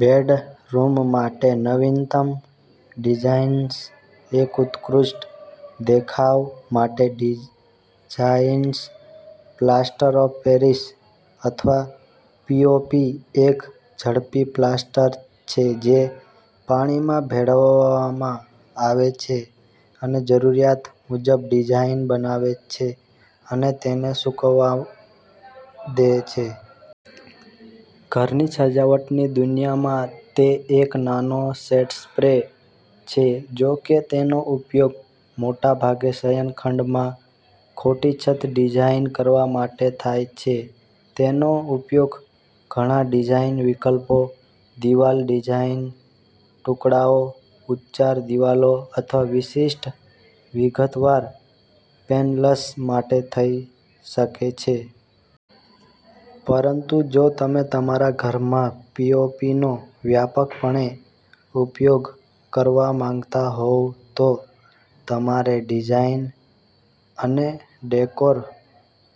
Bedroom માટે નવીનતમ designs એક ઉત્કૃષ્ટ દેખાવ માટે ડિઝાઇન્સ પ્લાસ્ટર ઓફ પેરિસ અથવા પીઓપી એક ઝડપી પ્લાસ્ટર છે જે પાણીમાં ભેળવવામાં આવે છે અને જરૂરિયાત મુજબ ડિઝાઇન બનાવે છે અને તેને સૂકવવા દે છે. ઘરની સજાવટની દુનિયામાં તે એક નાનો સેટ સ્પ્રે છે. જો કે તેનો ઉપયોગ મોટાભાગે શયનખંડમાં ખોટી છત ડિઝાઇન કરવા માટે થાય છે, તેનો ઉપયોગ ઘણા ડિઝાઇન વિકલ્પો દિવાલ ડિઝાઇન ટુકડાઓ, ઉચ્ચાર દિવાલો અથવા વિશિષ્ટ વિગતવાર પેનલ્સ માટે થઈ શકે છે. પરંતુ જો તમે તમારા ઘરમાં પીઓપીનો વ્યાપકપણે ઉપયોગ કરવા માંગતા હોવ તો તમારે ડિઝાઇન અને ડેકોર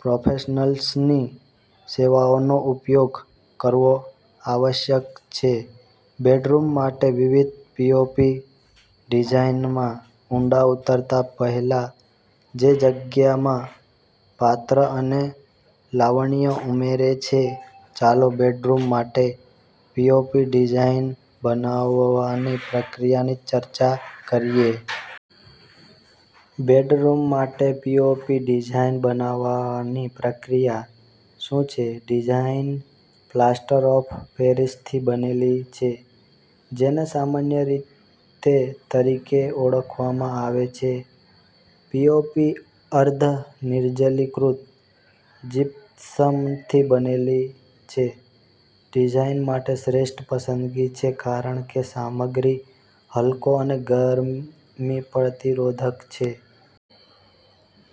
પ્રોફેશનલ્સની સેવાઓનો ઉપયોગ કરવો આવશ્યક છે. બેડરૂમ માટે વિવિધ પીઓપી ડિઝાઇનમાં ઊંડા ઉતરતા પહેલા, જે જગ્યામાં પાત્ર અને લાવણ્ય ઉમેરે છે, ચાલો બેડરૂમ માટે પીઓપી ડિઝાઇન બનાવવાની પ્રક્રિયાની ચર્ચા કરીએ. બેડરૂમ માટે પીઓપી ડિઝાઇન બનાવવાની પ્રક્રિયા શું છે? ડિઝાઇન પ્લાસ્ટર ઑફ પેરિસથી બનેલી છે જેને સામાન્ય રીતે તરીકે ઓળખવામાં આવે છે. પીઓપી અર્ધ નિર્જલીકૃત જીપ્સમથી બનેલું છે. ડિઝાઇન માટે શ્રેષ્ઠ પસંદગી છે કારણ કે સામગ્રી હલકો અને ગરમી પ્રતિરોધક છે.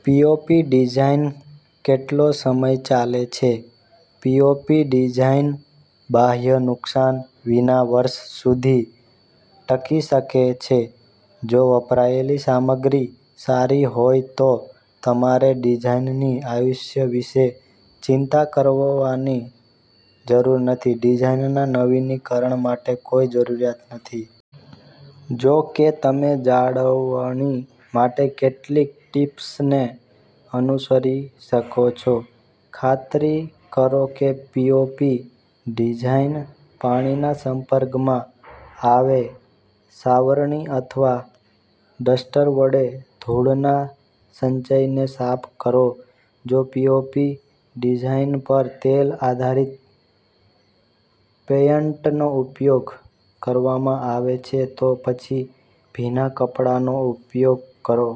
પીઓપી ડિઝાઇન કેટલો સમય ચાલે છે? પીઓપી ડિઝાઇન બાહ્ય નુકસાન વિના વર્ષ સુધી ટકી શકે છે. જો વપરાયેલી સામગ્રી સારી હોય તો તમારે ડિઝાઇનની આયુષ્ય વિશે ચિંતા કરવાની જરૂર નથી. ડિઝાઇનના નવીનીકરણ માટે કોઈ જરૂરિયાત નથી. જો કે, તમે જાળવણી માટે કેટલીક ટીપ્સને અનુસરી શકો છો. ખાતરી કરો કે પીઓપી ડિઝાઇન પાણીના સંપર્કમાં આવે સાવરણી અથવા ડસ્ટર વડે ધૂળના સંચયને સાફ કરો જો પીઓપી ડિઝાઇન પર તેલ આધારિત પેઇન્ટનો ઉપયોગ કરવામાં આવે છે, તો પછી ભીના કપડાનો ઉપયોગ કરો.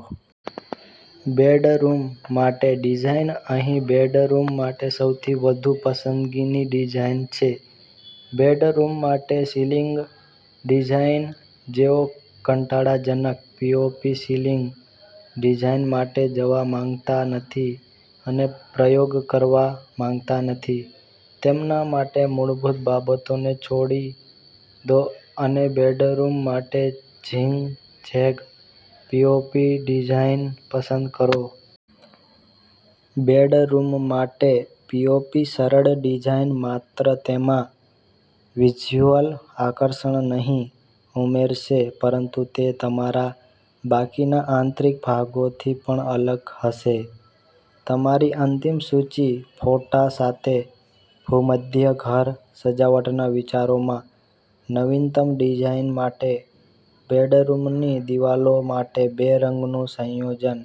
બેડરૂમ માટે ડિઝાઇન અહીં બેડરૂમ માટે સૌથી વધુ પસંદગીની ડિઝાઇન છે બેડરૂમ માટે સિલિંગ ડિઝાઇન. જેઓ કંટાળાજનક પીઓપી સીલિંગ ડિઝાઇન માટે જવા માંગતા નથી અને પ્રયોગ કરવા માંગતા નથી, તેમના માટે મૂળભૂત બાબતોને છોડી દો અને બેડરૂમ માટે ઝિગ ઝેગ પીઓપી ડિઝાઇન પસંદ કરો. બેડરૂમ માટે પીઓપી સરળ ડિઝાઇન માત્ર તેમાં વિઝ્યુઅલ આકર્ષણ નહીં ઉમેરશે પરંતુ તે તમારા બાકીના આંતરિક ભાગોથી પણ અલગ હશે. તમારી અંતિમ સૂચિ, ફોટા સાથે ભૂમધ્ય ઘર સજાવટના વિચારોમાં નવીનતમ ડિઝાઇન માટે બેડરૂમની દિવાલો માટે બે રંગનું સંયોજન.